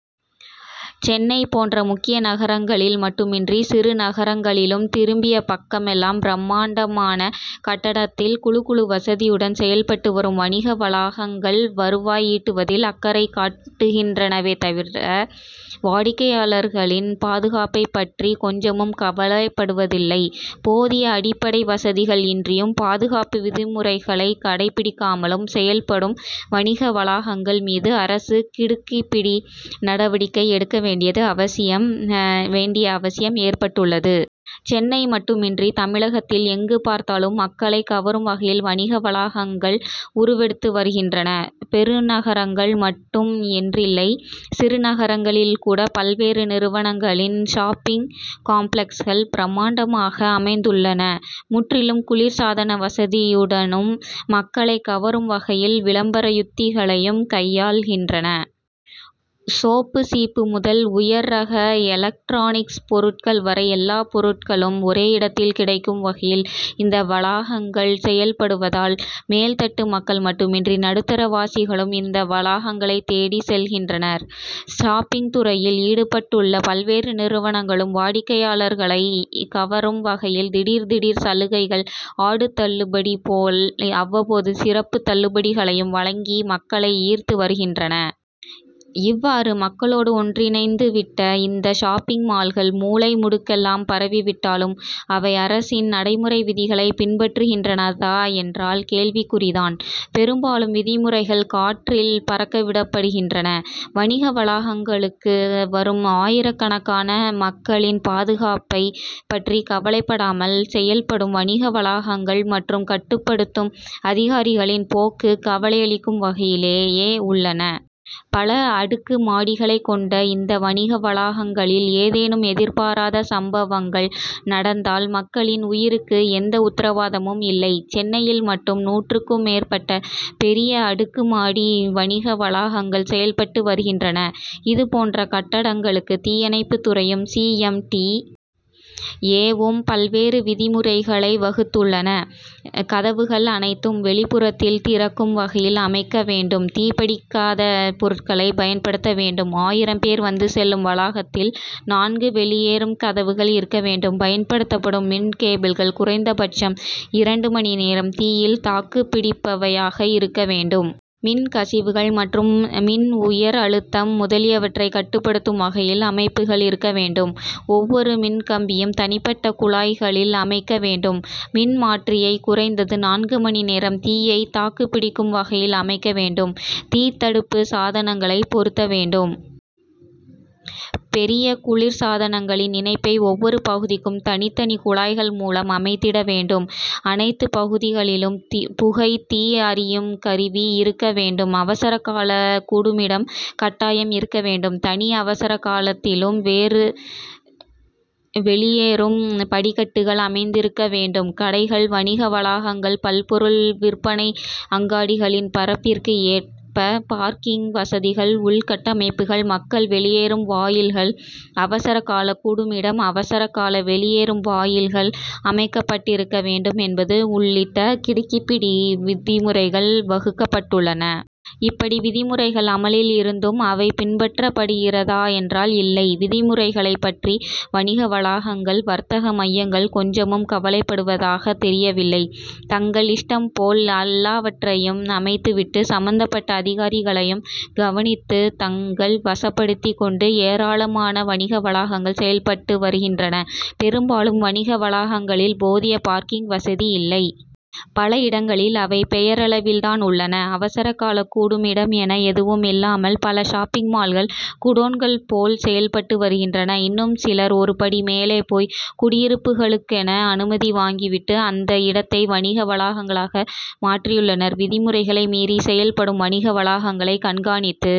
சென்னை போன்ற முக்கிய நகரங்களில் மட்டுமின்றி சிறு நகரங்களிலும் திரும்பிய பக்கமெல்லாம் பிரமாண்டமான கட்டடத்தில் குளு குளு வசதியுடன் செயல்பட்டு வரும் வணிக வளாகங்கள் வருவாய் ஈட்டுவதில் அக்கறை காட்டுகின்றவே தவிர வாடிக்கையாளர்களின் பாதுகாப்பைப் பற்றி கொஞ்சமும் கவலைப்படுவதில்லை. போதிய அடிப்படை வசதிகள் இன்றியும் பாதுகாப்பு விதிமுறைகளைக் கடைபிடிக்காமலும் செயல்படும் வணிக வளாகங்கள் மீது அரசு கிடுக்கிப்பிடி நடவடிக்கை எடுக்க வேண்டியது வேண்டிய அவசியம் ஏற்பட்டுள்ளது. சென்னை மட்டுமின்றி தமிழகத்தில் எங்கு பார்த்தாலும் மக்களைக் கவரும் வகையில் வணிக வளாகங்கள் உருவெடுத்து வருகின்றன. பெருநகரங்கள் மட்டும் என்றில்லை சிறு நகரங்களில் கூட பல்வேறு நிறுவனங்களின் ஷாப்பிங் காம்ப்ளக்ஸ்கள் பிரமாண்டமாக அமைந்துள்ளன. முற்றிலும் குளிர் சாதன வசதியுடனும் மக்களைக் கவரும் வகையில் விளம்பர யுத்திகளையும் கையாள்கின்றன. சோப்பு சீப்பு முதல் உயர்ரக எலக்டிரானிக்ஸ் பொருட்கள் வரை எல்லா பொருட்களும் ஒரே இடத்தில் கிடைக்கும் வகையில் இந்த வளாகங்கள் செயல்படுவதால் மேல்தட்டு மக்கள் மட்டுமின்றி நடுத்தர வாசிகளும் இந்த வளாகங்களை தேடிச் செல்கின்றனர். ஷாப்பிங் துறையில் ஈடுபட்டுள்ள பல்வேறு நிறுவனங்களும் வாடிக்கையாளர்களை கவரும் வகையில் திடீர் திடீர் சலுகைகள் ஆடித் தள்ளுபடி போல் அவ்வப்போது சிறப்புத் தள்ளுபடிகளையும் வழங்கி மக்களை ஈர்த்து வருகின்றன. இவ்வாறு மக்களோடு ஒன்றிணைந்து விட்ட இந்த ஷாப்பிங் மால்கள் மூலை முடுக்கெல்லாம் பரவிவிட்டாலும் அவை அரசின் நடைமுறை விதிகளை பின்பற்றுகின்றதா என்றால் கேள்விக்குறிதான். பெரும்பாலான விதிமுறைகள் காற்றில் பறக்க விடப்படுகின்றன. வணிக வளாகங்களுக்கு வரும் ஆயிரக்கணக்கான மக்களின் பாதுகாப்பைப் பற்றி கவலைப்படாமல் செயல்படும் வணிக வளாகங்கள் மற்றும் கட்டுப்படுத்தும் அதிகாரிகளின் போக்கு கவலையளிக்கும் வகையிலேயே உள்ளன. பல அடுக்கு மாடிகளைக் கொண்ட இந்த வணிக வளாகங்களில் ஏதேனும் எதிர்பாராத சம்பவங்கள் நடந்தால் மக்களின் உயிருக்கு எந்த உத்தரவாதமும் இல்லை. சென்னையில் மட்டும் நூற்றுக்கும் மேற்பட்ட பெரிய அடுக்குமாடி வணிக வளாகங்கள் செயல்பட்டு வருகின்றன. இதுபோன்ற கட்டடங்களுக்கு தீயணைப்புத் துறையும் சி. எம். டி. ஏ.வும் பல்வேறு விதிமுறைகளை வகுத்துள்ளன. கதவுகள் அனைத்தும் வெளிப்புறத்தில் திறக்கும் வகையில் அமைக்க வேண்டும். தீப்பிடிக்காத பொருட்களை பயன்படுத்த வேண்டும். ஆயிரம் பேர் வந்து செல்லும் வளாகத்தில் நான்கு வெளியேறும் கதவுகள் இருக்க வேண்டும். பயன்படுத்தப்படும் மின் கேபிள்கள் குறைந்தபட்சம் இரண்டு மணி நேரம் தீயில் தாக்குப்பிடிப்பவையாக இருக்க வேண்டும். மின் கசிவுகள் மற்றும் மின் உயர் அழுத்தம் முதலியவற்றை கட்டுப்படுத்தும் வகையில் அமைப்புகள் இருக்க வேண்டும். ஒவ்வொரு மின் கம்பியும் தனிப்பட்ட குழாய்களில் அமைக்க வேண்டும். மின்மாற்றிகள் குறைந்தது நான்கு மணி நேரம் தீயை தாக்குப்பிடிக்கும் வகையில் அமைக்க வேண்டும். தீத்தடுப்பு சாதனங்களை பொருத்த வேண்டும். பெரிய குளிர் சாதனங்களின் இணைப்பை ஒவ்வொரு பகுதிக்கும் தனித்தனி குழாய்கள் மூலம் அமைத்திட வேண்டும். அனைத்து பகுதிகளிலும் புகை தீ அறியும் கருவி இருக்க வேண்டும். அவசர கால கூடுமிடம் கட்டாயம் இருக்க வேண்டும். தனி அவசர காலத்திலும் வெளியேறும் படிக்கட்டுக்கள் அமைந்திருக்க வேண்டும். கடைகள் வணிக வளாகங்கள் பல்பொருள் விற்பனை அங்காடிகளின் பரப்பிற்கு ஏற்ப பார்க்கிங் வசதிகள் உள் கட்டமைப்புகள் மக்கள் வெளியேறும் வாயில்கள் அவசர கால கூடுமிடம் அவசரகால வெளியேறும் வாயில்கள் அமைக்கப்பட்டிருக்க வேண்டும் என்பது உள்ளிட்ட கிடுக்கிப்பிடி விதிமுறைகள் வகுக்கப்பட்டுள்ளன. இப்படி விதிமுறைகள் அமலில் இருந்தும் அவை பின்பற்றப்படுகிறதா என்றால் இல்லை. விதிமுறைகளைப் பற்றி வணிக வளாகங்கள் வர்த்தக மையங்கள் கொஞ்சமும் கவலைப்படுவதாக தெரியவில்லை. தங்கள் இஷ்டம்போல் எல்லாவற்றையும் அமைத்துவிட்டு சம்பந்தப்பட்ட அதிகாரிகளையும் கவனித்து தங்கள் வசப்படுத்திக் கொண்டு ஏராளமான வணிக வளாகங்கள் செயல்பட்டு வருகின்றன. பெரும்பாலான வணிக வளாகங்களில் போதிய பார்க்கிங் வசதியில்லை. பல இடங்களில் அவை பெயரளவில்தான் உள்ளன. அவசர கால கூடுமிடம் என எதுவும் இல்லாமல் பல ஷாப்பிங் மால்கள் குடோன்கள் போல் செயல்பட்டு வருகின்றன. இன்னும் சிலர் ஒரு படி மேலே போய் குடியிருப்புக்களுக்கென அனுமதி வாங்கிவிட்டு அந்த இடத்தை வணிக வளாகங்களாக மாற்றியுள்ளனர். விதிமுறைகளை மீறி செயல்படும் வணிக வளாகங்களை கண்காணித்து